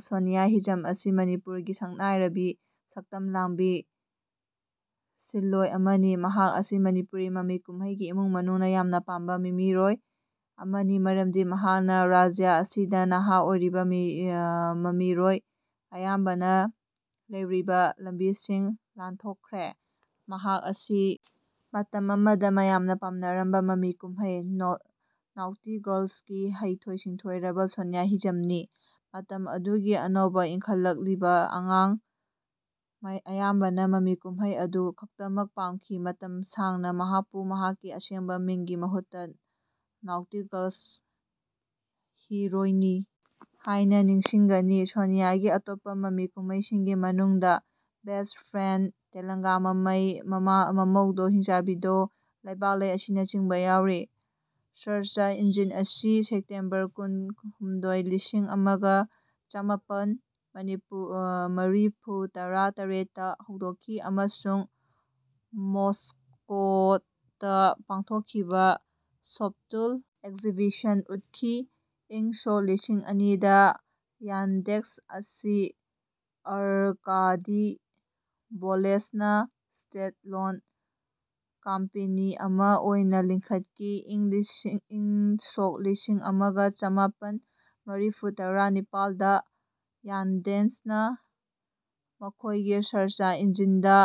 ꯁꯣꯅꯤꯌꯥ ꯍꯤꯖꯝ ꯑꯁꯤ ꯃꯅꯤꯄꯨꯔꯒꯤ ꯁꯛꯅꯥꯢꯔꯕꯤ ꯁꯛꯇꯝ ꯂꯥꯡꯕꯤ ꯁꯤꯟꯂꯣꯢ ꯑꯃꯅꯤ꯫ ꯃꯍꯥꯛ ꯑꯁꯤ ꯃꯅꯤꯄꯨꯔꯤ ꯃꯃꯤ ꯀꯨꯝꯍꯩꯒꯤ ꯏꯃꯨꯡ ꯃꯅꯨꯡꯅ ꯌꯥꯝꯅ ꯄꯥꯝꯕ ꯃꯃꯤꯔꯣꯏ ꯑꯃꯅꯤ ꯃꯔꯝꯗꯤ ꯃꯍꯥꯛꯅ ꯔꯥꯖ꯭ꯌ ꯑꯁꯤꯗ ꯅꯍꯥ ꯑꯣꯏꯔꯤꯕ ꯃꯃꯤꯔꯣꯏ ꯑꯌꯥꯝꯕꯅ ꯂꯩꯔꯤꯕ ꯂꯝꯕꯤꯁꯤꯡ ꯂꯥꯟꯊꯣꯛꯈ꯭ꯔꯦ꯫ ꯃꯍꯥꯛ ꯑꯁꯤ ꯃꯇꯝ ꯑꯃꯗ ꯃꯌꯥꯝꯅ ꯄꯥꯝꯅꯔꯝꯕ ꯃꯃꯤ ꯀꯨꯝꯍꯩ "ꯅꯣꯇꯤ ꯒꯔꯜ꯭ꯁ"ꯒꯤ ꯍꯩꯊꯣꯏ ꯁꯤꯡꯊꯣꯏꯔꯕ ꯁꯣꯅꯤꯌꯥ ꯍꯤꯖꯝꯅꯤ꯫ ꯃꯇꯝ ꯑꯗꯨꯒꯤ ꯑꯅꯧꯕ ꯏꯟꯈꯠꯂꯛꯂꯤꯕ ꯑꯉꯥꯡ ꯑꯌꯥꯝꯕꯅ ꯃꯃꯤ ꯀꯨꯝꯍꯩ ꯑꯗꯨ ꯈꯛꯇꯃꯛ ꯄꯥꯝꯈꯤ꯫ ꯃꯇꯝ ꯁꯥꯡꯅ ꯃꯍꯥꯛꯄꯨ ꯃꯍꯥꯛꯀꯤ ꯑꯁꯦꯡꯕ ꯃꯤꯡꯒꯤ ꯃꯍꯨꯠꯇ "ꯅꯣꯇꯤ ꯒꯔꯜꯁ ꯍꯤꯔꯣꯏꯅꯤ" ꯍꯥꯏꯅ ꯅꯤꯡꯁꯤꯡꯒꯅꯤ꯫ ꯁꯣꯅꯤꯌꯥꯒꯤ ꯑꯇꯣꯞꯄ ꯃꯃꯤ ꯀꯨꯝꯍꯩꯁꯤꯡꯒꯤ ꯃꯅꯨꯡꯗ ꯕꯦꯁ꯭ꯠ ꯐ꯭ꯔꯦꯟꯗ, ꯇꯦꯂꯪꯀꯥ ꯃꯃꯩ, ꯃꯃꯧꯗꯣ ꯍꯤꯟꯆꯥꯕꯤꯗꯣ, ꯂꯩꯕꯥꯛꯂꯩ ꯑꯁꯤꯅꯆꯤꯡꯕ ꯌꯥꯎꯔꯤ꯫ ꯁꯔꯆ ꯏꯟꯖꯤꯟ ꯑꯁꯤ ꯁꯦꯞꯇꯦꯝꯕꯔ ꯀꯨꯟ - ꯍꯨꯝꯗꯣꯏ, ꯂꯤꯁꯤꯡ ꯑꯃꯒ ꯆꯃꯥꯄꯜ ꯃꯔꯤꯐꯨꯇꯔꯥ ꯇꯔꯦꯠꯇ ꯍꯧꯗꯣꯛꯈꯤ, ꯑꯃꯁꯨꯡ ꯃꯣꯁꯀꯣꯗ ꯄꯥꯡꯊꯣꯛꯈꯤꯕ ꯁꯣꯐꯇꯨꯜ ꯑꯦꯛꯖꯤꯕꯤꯁꯟꯗ ꯎꯠꯈꯤ꯫ ꯏꯪ ꯁꯣꯛ ꯂꯤꯁꯤꯡ ꯑꯅꯤꯗ ꯌꯥꯟꯗꯦꯛꯁ ꯑꯁꯤ ꯑꯔꯀꯥꯗꯤ ꯚꯣꯂꯣꯖꯅ ꯁ꯭ꯇꯦꯟꯗꯂꯣꯟ ꯀꯝꯄꯦꯅꯤ ꯑꯃ ꯑꯣꯏꯅ ꯂꯤꯡꯈꯠꯈꯤ꯫ ꯏꯪ ꯁꯣꯛ ꯂꯤꯁꯤꯡ ꯑꯃꯒ ꯆꯃꯥꯄꯜ ꯃꯔꯤꯐꯨꯇꯔꯥ ꯅꯤꯄꯥꯜꯗ ꯌꯥꯟꯗꯦꯛꯁꯅ ꯃꯈꯣꯏꯒꯤ ꯁꯔꯆ ꯏꯟꯖꯤꯟꯗ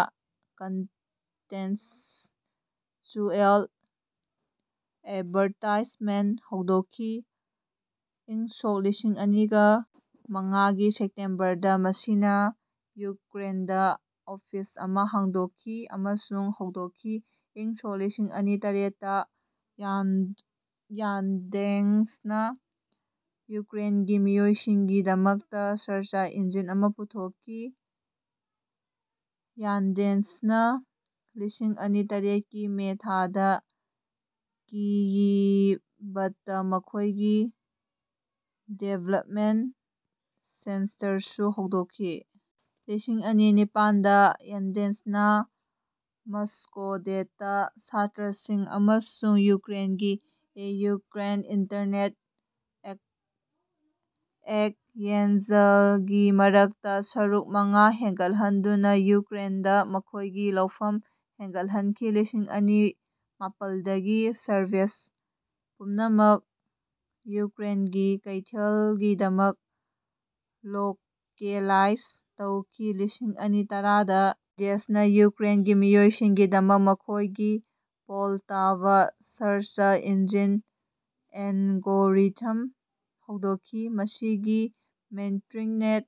ꯀꯟꯇꯦꯛꯁꯆꯨꯑꯦꯜ ꯑꯦꯗꯚꯔꯇꯥꯏꯖꯃꯦꯟꯠ ꯍꯧꯗꯣꯛꯈꯤ꯫ ꯏꯪ ꯁꯣꯛ ꯂꯤꯁꯤꯡ ꯑꯅꯤꯒ ꯃꯉꯥꯒꯤ ꯁꯦꯞꯇꯦꯝꯕꯔꯗ ꯃꯁꯤꯅ ꯌꯨꯀ꯭ꯔꯦꯟꯗ ꯑꯣꯐꯤꯁ ꯑꯃ ꯍꯥꯡꯗꯣꯛꯈꯤ ꯑꯃꯁꯨꯡ ꯍꯧꯗꯣꯛꯈꯤ꯫ ꯏꯪ ꯁꯣꯛ ꯂꯤꯁꯤꯡ ꯑꯅꯤ ꯇꯔꯦꯠꯇ ꯌꯥꯟꯗꯦꯛꯁꯅ ꯌꯨꯀ꯭ꯔꯦꯟꯒꯤ ꯃꯤꯑꯣꯏꯁꯤꯡꯒꯤ ꯗꯃꯛꯇ ꯁꯔꯆ ꯏꯟꯖꯤꯟ ꯑꯃ ꯄꯨꯊꯣꯛꯈꯤ꯫ ꯌꯥꯟꯗꯦꯛꯁꯅ ꯂꯤꯁꯤꯡ ꯑꯅꯤ ꯇꯔꯦꯠꯀꯤ ꯃꯦ ꯊꯥꯗ ꯀꯤꯌꯤꯚꯇ ꯃꯈꯣꯏꯒꯤ ꯗꯤꯕ꯭ꯂꯞꯃꯦꯟꯠ ꯁꯦꯟꯇꯔꯁꯨ ꯍꯥꯡꯗꯣꯛꯈꯤ꯫ ꯂꯤꯁꯤꯡ ꯑꯅꯤ ꯅꯤꯄꯥꯜꯗ ꯌꯥꯟꯗꯦꯛꯁꯅ ꯃꯁ꯭ꯀꯣ ꯗꯦꯇꯥ ꯁꯦꯟꯇꯔꯁꯤꯡ ꯑꯃꯁꯨꯡ ꯌꯨꯀ꯭ꯔꯦꯟꯒꯤ ꯌꯨꯀ꯭ꯔꯦꯟ ꯏꯟꯇꯔꯅꯦꯠ ꯑꯦꯛꯆꯦꯟꯖ ꯀꯤ ꯃꯔꯛꯇ ꯁꯔꯨꯛ ꯃꯉꯥ ꯍꯦꯟꯒꯠꯍꯟꯗꯨꯅ ꯌꯨꯀ꯭ꯔꯦꯟꯗ ꯃꯈꯣꯏꯒꯤ ꯂꯩꯐꯝ ꯍꯦꯟꯒꯠꯍꯟꯈꯤ꯫ ꯂꯤꯁꯤꯡ ꯑꯅꯤ ꯃꯥꯄꯜꯗꯒꯤ ꯁꯔꯚꯤꯁ ꯄꯨꯝꯅꯃꯛ ꯌꯨꯀ꯭ꯔꯦꯟꯒꯤ ꯀꯩꯊꯦꯜꯒꯤꯗꯃꯛ ꯂꯣꯀꯦꯂꯥꯏꯖ ꯇꯧꯈꯤ꯫ ꯂꯤꯁꯤꯡ ꯑꯅꯤ ꯇꯔꯥꯗ ꯌꯥꯟꯗꯦꯛꯁꯅ ꯌꯨꯀ꯭ꯔꯦꯟꯒꯤ ꯃꯤꯑꯣꯏꯁꯤꯡꯒꯤꯗꯃꯛꯇ ꯃꯈꯣꯏꯒꯤ " ꯄꯣꯜꯇꯥꯚꯥ " ꯁꯔꯆ ꯏꯟꯖꯤꯟ ꯑꯦꯜꯒꯣꯔꯤꯊꯝ ꯍꯧꯗꯣꯛꯈꯤ꯫ ꯃꯁꯤꯒꯤ ꯃꯦꯇ꯭ꯔꯤꯛ ꯅꯦꯠ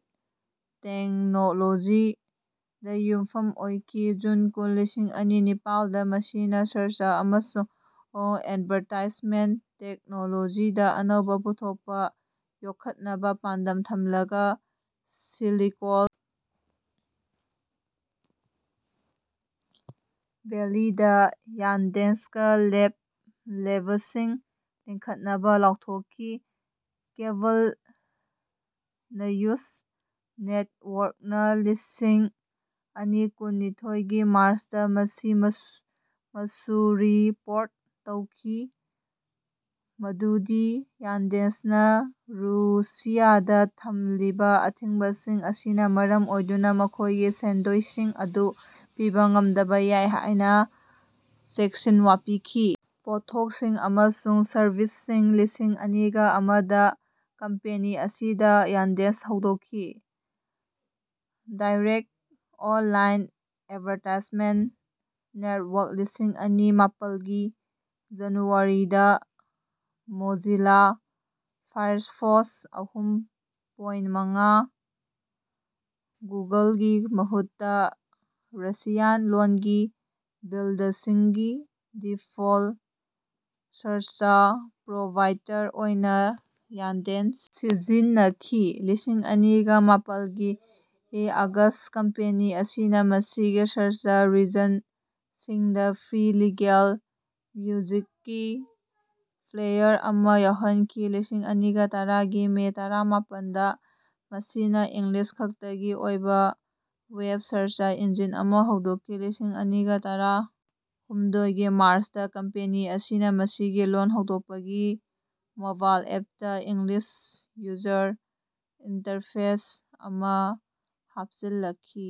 ꯇꯦꯛꯅꯣꯂꯣꯖꯤꯗ ꯌꯨꯝꯐꯝ ꯑꯣꯏꯈꯤ꯫ ꯖꯨꯟ ꯀꯨꯟ, ꯂꯤꯁꯤꯡ ꯑꯅꯤ ꯅꯤꯄꯥꯥꯜꯗ ꯃꯁꯤꯅ "ꯁꯔꯆ ꯑꯃꯁꯨꯡ ꯑꯦꯗꯚꯔꯇꯥꯏꯖꯃꯦꯟꯠ ꯇꯦꯛꯅꯣꯂꯣꯖꯤꯗ ꯑꯅꯧꯕ ꯄꯨꯊꯣꯛꯄ" ꯌꯣꯛꯈꯠꯅꯕ ꯄꯥꯟꯗꯝ ꯊꯝꯂꯒ ꯁꯤꯂꯤꯀꯣꯟ ꯚꯦꯂꯤꯗ ꯌꯥꯟꯗꯦꯛꯁ ꯂꯦꯕꯁꯤꯡ ꯂꯤꯡꯈꯠꯅꯕ ꯂꯥꯎꯊꯣꯛꯈꯤ꯫ ꯀꯦꯕꯜ ꯅ꯭ꯌꯨꯁ ꯅꯦꯠꯋ꯭ꯔꯛꯅ ꯂꯤꯁꯤꯡ ꯑꯅꯤ ꯀꯨꯟ ꯅꯤꯊꯣꯢꯒꯤ ꯃꯥꯔꯆꯇ ꯃꯁꯤꯃꯁꯨ ꯔꯤꯄꯣꯔꯠ ꯇꯧꯈꯤ ꯃꯗꯨꯗꯤ ꯌꯥꯟꯗꯦꯛꯁꯅ ꯔꯨꯁꯤꯌꯥꯗ ꯊꯝꯂꯤꯕ ꯑꯊꯤꯡꯕꯁꯤꯡ ꯑꯁꯤꯅ ꯃꯔꯝ ꯑꯣꯏꯗꯨꯅ ꯃꯈꯣꯏꯒꯤ ꯁꯦꯟꯗꯣꯏꯁꯤꯡ ꯑꯗꯨ ꯄꯤꯕ ꯉꯝꯗꯕ ꯌꯥꯏ ꯍꯥꯏꯅ ꯆꯦꯛꯁꯤꯟꯋꯥ ꯄꯤꯈꯤ꯫ ꯄꯣꯠꯊꯣꯛꯁꯤꯡ ꯑꯃꯁꯨꯡ ꯁꯔꯕꯤꯁꯁꯤꯡ ꯂꯤꯁꯤꯡ ꯑꯅꯤꯒ ꯑꯃꯗ ꯀꯝꯄꯦꯅꯤ ꯑꯁꯤꯅ ꯌꯥꯟꯗꯦꯛꯁ ꯍꯧꯗꯣꯛꯈꯤ꯫ ꯗꯥꯏꯔꯦꯛꯠ ꯑꯣꯟꯂꯥꯏꯟ ꯑꯦꯗꯚꯔꯇꯥꯏꯖꯃꯦꯟꯠ ꯅꯦꯠꯋ꯭ꯔꯛ ꯂꯤꯁꯤꯡ ꯑꯅꯤ ꯃꯥꯄꯜꯒꯤ ꯖꯅꯨꯋꯥꯔꯤꯗ ꯃꯣꯖꯤꯂꯥ ꯐꯥꯏꯔꯐꯣꯛꯁ ꯑꯍꯨꯝ ꯄꯣꯏꯟꯠ ꯃꯉꯥ, ꯒꯨꯒꯜꯒꯤ ꯃꯍꯨꯠꯇ ꯔꯁꯤꯌꯥꯟ ꯂꯣꯟꯒꯤ ꯕꯤꯜꯗꯁꯤꯡꯒꯤ ꯗꯤꯐꯣꯜꯠ ꯁꯔꯆ ꯄ꯭ꯔꯣꯚꯥꯏꯗꯔ ꯑꯣꯏꯅ ꯌꯥꯟꯗꯦꯛꯁ ꯁꯤꯖꯤꯟꯅꯈꯤ꯫ ꯂꯤꯁꯤꯡ ꯑꯅꯤꯒ ꯃꯥꯄꯜꯒꯤ ꯑꯒꯁꯇ ꯀꯝꯄꯦꯅꯤ ꯑꯁꯤꯅ ꯃꯁꯤꯒꯤ ꯁꯔꯆ ꯔꯤꯖꯜꯠꯁꯤꯡꯗ ꯐ꯭ꯔꯤ ꯂꯤꯒꯦꯜ ꯃ꯭ꯌꯨꯖꯤꯛꯀꯤ ꯄ꯭ꯂꯦꯌꯔ ꯑꯃ ꯌꯥꯎꯍꯟꯈꯤ꯫ ꯂꯤꯁꯤꯡ ꯑꯅꯤꯒ ꯇꯔꯥꯒꯤ ꯃꯦ ꯇꯔꯥꯃꯥꯄꯜꯗ ꯃꯁꯤꯅ ꯏꯪꯂꯤꯁ ꯈꯛꯇꯒꯤ ꯑꯣꯏꯕ ꯋꯦꯕ ꯁꯔꯆ ꯏꯟꯖꯤꯟ ꯑꯃ ꯍꯧꯗꯣꯛꯈꯤ꯫ ꯂꯤꯁꯤꯡ ꯑꯅꯤꯒ ꯇꯔꯥ ꯍꯨꯝꯗꯣꯏꯒꯤ ꯃꯥꯔꯆꯇ ꯀꯝꯄꯦꯅꯤ ꯑꯁꯤꯅ ꯃꯁꯤꯒꯤ ꯂꯣꯟ ꯍꯟꯗꯣꯛꯄꯒꯤ ꯃꯣꯕꯥꯏꯜ ꯑꯦꯞꯇ ꯏꯪꯂꯤꯁ ꯌꯨꯖꯔ ꯏꯟꯇꯔꯐꯦꯁ ꯑꯃ ꯍꯥꯞꯆꯤꯜꯂꯛꯈꯤ꯫